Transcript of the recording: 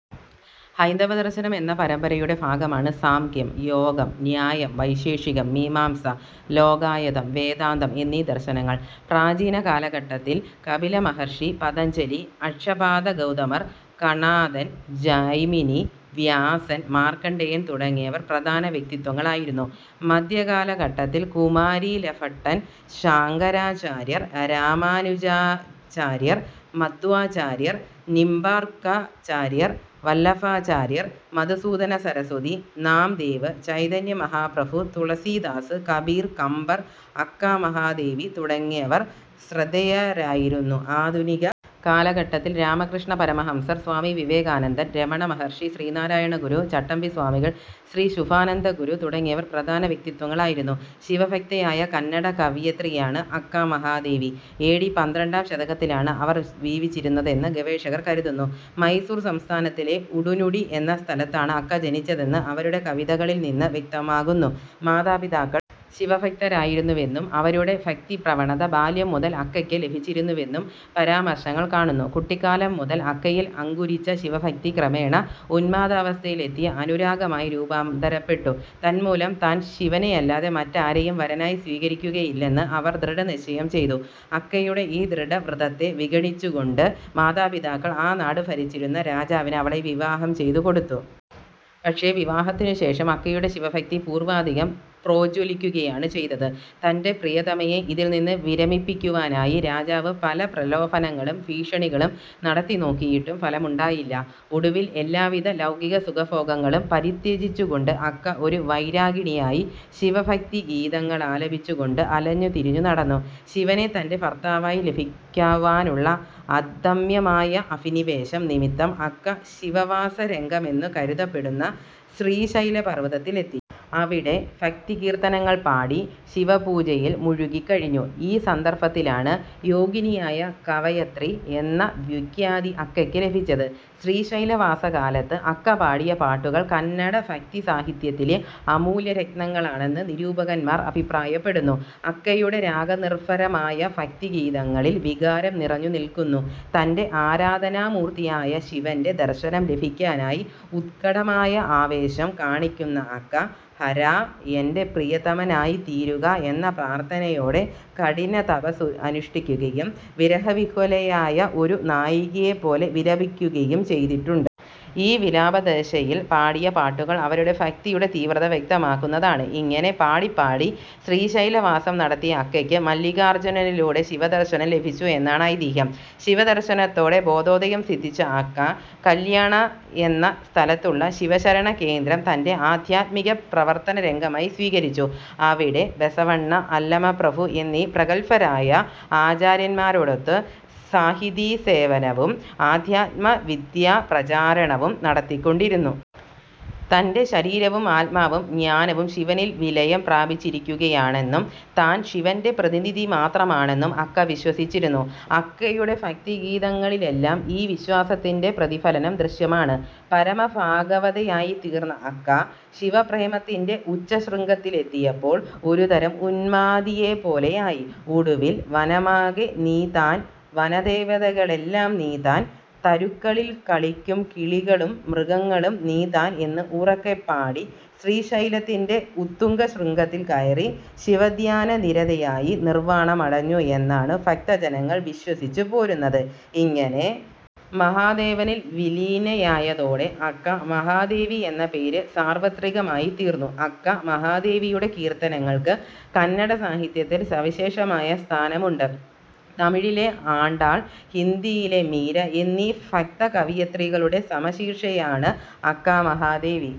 ഹൈന്ദവദർശനം എന്ന പരമ്പരയുടെ ഭാഗമാണ് സാംഖ്യം, യോഗം, ന്യായം, വൈശേഷികം, മീമാംസ, ലോകായതം, വേദാന്തം എന്നീ ദർശനങ്ങൾ. പ്രാചീന കാലഘട്ടത്തിൽ കപില മഹർഷി, പതഞ്ജലി, അക്ഷപാദ ഗൗതമർ, കണാദൻ, ജൈമിനി, വ്യാസൻ, മാർക്കണ്ഡേയൻ തുടങ്ങിയവർ പ്രധാന വ്യക്തിത്വങ്ങളായിരുന്നു. മധ്യകാലഘട്ടത്തിൽ കുമാരിലഭട്ടൻ, ശങ്കരാചാര്യർ, രാമാനുജാചാര്യർ, മധ്വാചാര്യർ, നിംബാർക്കാചാര്യർ, വല്ലഭാചാര്യർ, മധുസൂദന സരസ്വതി, നാംദേവ്, ചൈതന്യ മഹാപ്രഭു, തുളസീദാസ്, കബീർ, കമ്പർ, അക്ക മഹാദേവി തുടങ്ങിയവർ ശ്രദ്ധേയരായിരുന്നു. ആധുനിക കാലഘട്ടത്തിൽ രാമകൃഷ്ണ പരമഹംസർ, സ്വാമി വിവേകാനന്ദൻ, രമണ മഹർഷി, ശ്രീനാരായണഗുരു, ചട്ടമ്പിസ്വാമികൾ, ശ്രീ ശുഭാനന്ദഗുരു തുടങ്ങിയവർ പ്രധാന വ്യക്തിത്വങ്ങളായിരുന്നു. ശിവഭക്തയായ കന്നഡ കവയിത്രിയാണ് അക്ക മഹാദേവി. എ ഡി പന്ത്രണ്ടാം ശതകത്തിലാണ് അവർ ജീവിച്ചിരുന്നതെന്ന് ഗവേഷകർ കരുതുന്നു. മൈസൂർ സംസ്ഥാനത്തിലെ ഉടുനുടി എന്ന സ്ഥലത്താണ് അക്ക ജനിച്ചതെന്ന് അവരുടെ കവിതകളിൽനിന്ന് വ്യക്തമാകുന്നു. മാതാപിതാക്കൾ ശിവഭക്തരായിരുന്നുവെന്നും അവരുടെ ഭക്തിപ്രവണത ബാല്യം മുതൽ അക്കയ്ക്ക് ലഭിച്ചിരുന്നുവെന്നും പരാമർശങ്ങൾ കാണുന്നു. കുട്ടിക്കാലം മുതൽ അക്കയിൽ അങ്കുരിച്ച ശിവഭക്തി ക്രമേണ ഉന്മാദാവസ്ഥയിലെത്തിയ അനുരാഗമായി രൂപാന്തരപ്പെട്ടു. തന്മൂലം താൻ ശിവനെയല്ലാതെ മറ്റാരെയും വരനായി സ്വീകരിക്കുകയില്ലെന്ന് അവർ ദൃഢനിശ്ചയം ചെയ്തു. അക്കയുടെ ഈ ദൃഢവ്രതത്തെ വിഗണിച്ചുകൊണ്ട് മാതാപിതാക്കൾ ആ നാട് ഭരിച്ചിരുന്ന രാജാവിന് അവളെ വിവാഹം ചെയ്തുകൊടുത്തു. പക്ഷേ വിവാഹത്തിനുശേഷം അക്കയുടെ ശിവഭക്തി പൂർവാധികം പ്രോജ്വലിക്കുകയാണ് ചെയ്തത്. തന്റെ പ്രിയതമയെ ഇതിൽനിന്ന് വിരമിപ്പിക്കുവാനായി രാജാവ് പല പ്രലോഭനങ്ങളും ഭീഷണികളും നടത്തിനോക്കിയിട്ടും ഫലമുണ്ടായില്ല. ഒടുവിൽ എല്ലാവിധ ലൗകികസുഖഭോഗങ്ങളും പരിത്യജിച്ചുകൊണ്ട് അക്ക ഒരു വൈരാഗിണിയായി ശിവഭക്തിഗീതങ്ങളാലപിച്ചുകൊണ്ട് അലഞ്ഞുതിരിഞ്ഞുനടന്നു. ശിവനെ തന്റെ ഭർത്താവായി ലഭിക്കുവാനുള്ള അദമ്യമായ അഭിനിവേശം നിമിത്തം അക്ക ശിവവാസരംഗമെന്ന് കരുതപ്പെടുന്ന ശ്രീശൈലപർവതത്തിലെത്തി. അവിടെ ഭക്തികീർത്തനങ്ങൾ പാടി ശിവപൂജയിൽ മുഴുകിക്കഴിഞ്ഞു. ഈ സന്ദർഭത്തിലാണ് യോഗിനിയായ കവയിത്രി എന്ന വിഖ്യാതി അക്കയ്ക്ക് ലഭിച്ചത്. ശ്രീശൈലവാസകാലത്ത് അക്ക പാടിയ പാട്ടുകൾ കന്നഡ ഭക്തിസാഹിത്യത്തിലെ അമൂല്യരത്നങ്ങളാണെന്ന് നിരൂപകന്മാർ അഭിപ്രായപ്പെടുന്നു. അക്കയുടെ രാഗനിർഭരമായ ഭക്തിഗീതങ്ങളിൽ വികാരം നിറഞ്ഞുനിൽക്കുന്നു. തന്റെ ആരാധനാമൂർത്തിയായ ശിവന്റെ ദർശനം ലഭിക്കാനായി ഉത്കടമായ ആവേശം കാണിക്കുന്ന അക്ക ഹരാ, എന്റെ പ്രിയതമനായിത്തീരുക എന്ന പ്രാർഥനയോടെ കഠിനതപസ്സനുഷ്ഠിക്കുകയും വിരഹവിഹ്വലയായ ഒരു നായികയെപ്പോലെ വിലപിക്കുകയും ചെയ്തിട്ടുണ്ട്. ഈ വിലാപദശയിൽ പാടിയ പാട്ടുകൾ അവരുടെ ഭക്തിയുടെ തീവ്രത വ്യക്തമാക്കുന്നതാണ്. ഇങ്ങനെ പാടിപ്പാടി ശ്രീശൈലവാസം നടത്തിയ അക്കയ്ക്ക് മല്ലികാർജുനനിലൂടെ ശിവദർശനം ലഭിച്ചു എന്നാണ് ഐതിഹ്യം. ശിവദർശനത്തോടെ ബോധോദയം സിദ്ധിച്ച അക്ക കല്യാണ എന്ന സ്ഥലത്തുള്ള ശിവശരണകേന്ദ്രം തന്റെ ആധ്യാത്മിക പ്രവർത്തനരംഗമായി സ്വീകരിച്ചു. അവിടെ ബസവണ്ണ, അല്ലമപ്രഭു എന്നീ പ്രഗല്ഭരായ ആചാര്യന്മാരോടൊത്ത് സാഹിതീസേവനവും അധ്യാത്മവിദ്യാപ്രചാരണവും നടത്തിക്കൊണ്ടിരുന്നു. തന്റെ ശരീരവും ആത്മാവും ജ്ഞാനവും ശിവനിൽ വിലയം പ്രാപിച്ചിരിക്കുകയാണെന്നും താൻ ശിവന്റെ പ്രതിനിധി മാത്രമാണെന്നും അക്ക വിശ്വസിച്ചിരുന്നു. അക്കയുടെ ഭക്തിഗീതങ്ങളിലെല്ലാം ഈ വിശ്വാസത്തിന്റെ പ്രതിഫലനം ദൃശ്യമാണ്. പരമഭാഗവതയായിത്തീർന്ന അക്ക ശിവപ്രേമത്തിന്റെ ഉച്ചശൃംഗത്തിലെത്തിയപ്പോൾ ഒരുതരം ഉന്മാദിയെപ്പോലെയായി. ഒടുവിൽ വനമാകെ നീ താൻ, വനദേവതകളെല്ലാം നീ താൻ, തരുക്കളിൽക്കളിക്കും കിളികളും മൃഗങ്ങളും നീ താൻ എന്ന് ഉറക്കെ പാടി ശ്രീശൈലത്തിന്റെ ഉത്തുംഗശൃംഗത്തിൽ കയറി ശിവധ്യാനനിരതയായി നിർവാണമടഞ്ഞു എന്നാണ് ഭക്തജനങ്ങൾ വിശ്വസിച്ചുപോരുന്നത്. ഇങ്ങനെ മഹാദേവനിൽ വിലീനയായതോടെ അക്ക മഹാദേവി എന്ന പേര് സാർവത്രികമായിത്തീർന്നു. അക്ക മഹാദേവിയുടെ കീർത്തനങ്ങൾക്ക് കന്നഡസാഹിത്യത്തിൽ സവിശേഷമായ സ്ഥാനമുണ്ട്. തമിഴിലെ ആണ്ടാൾ, ഹിന്ദിയിലെ മീര എന്നീ ഭക്തകവയിത്രികളുടെ സമശീർഷയാണ് അക്ക മഹാദേവി.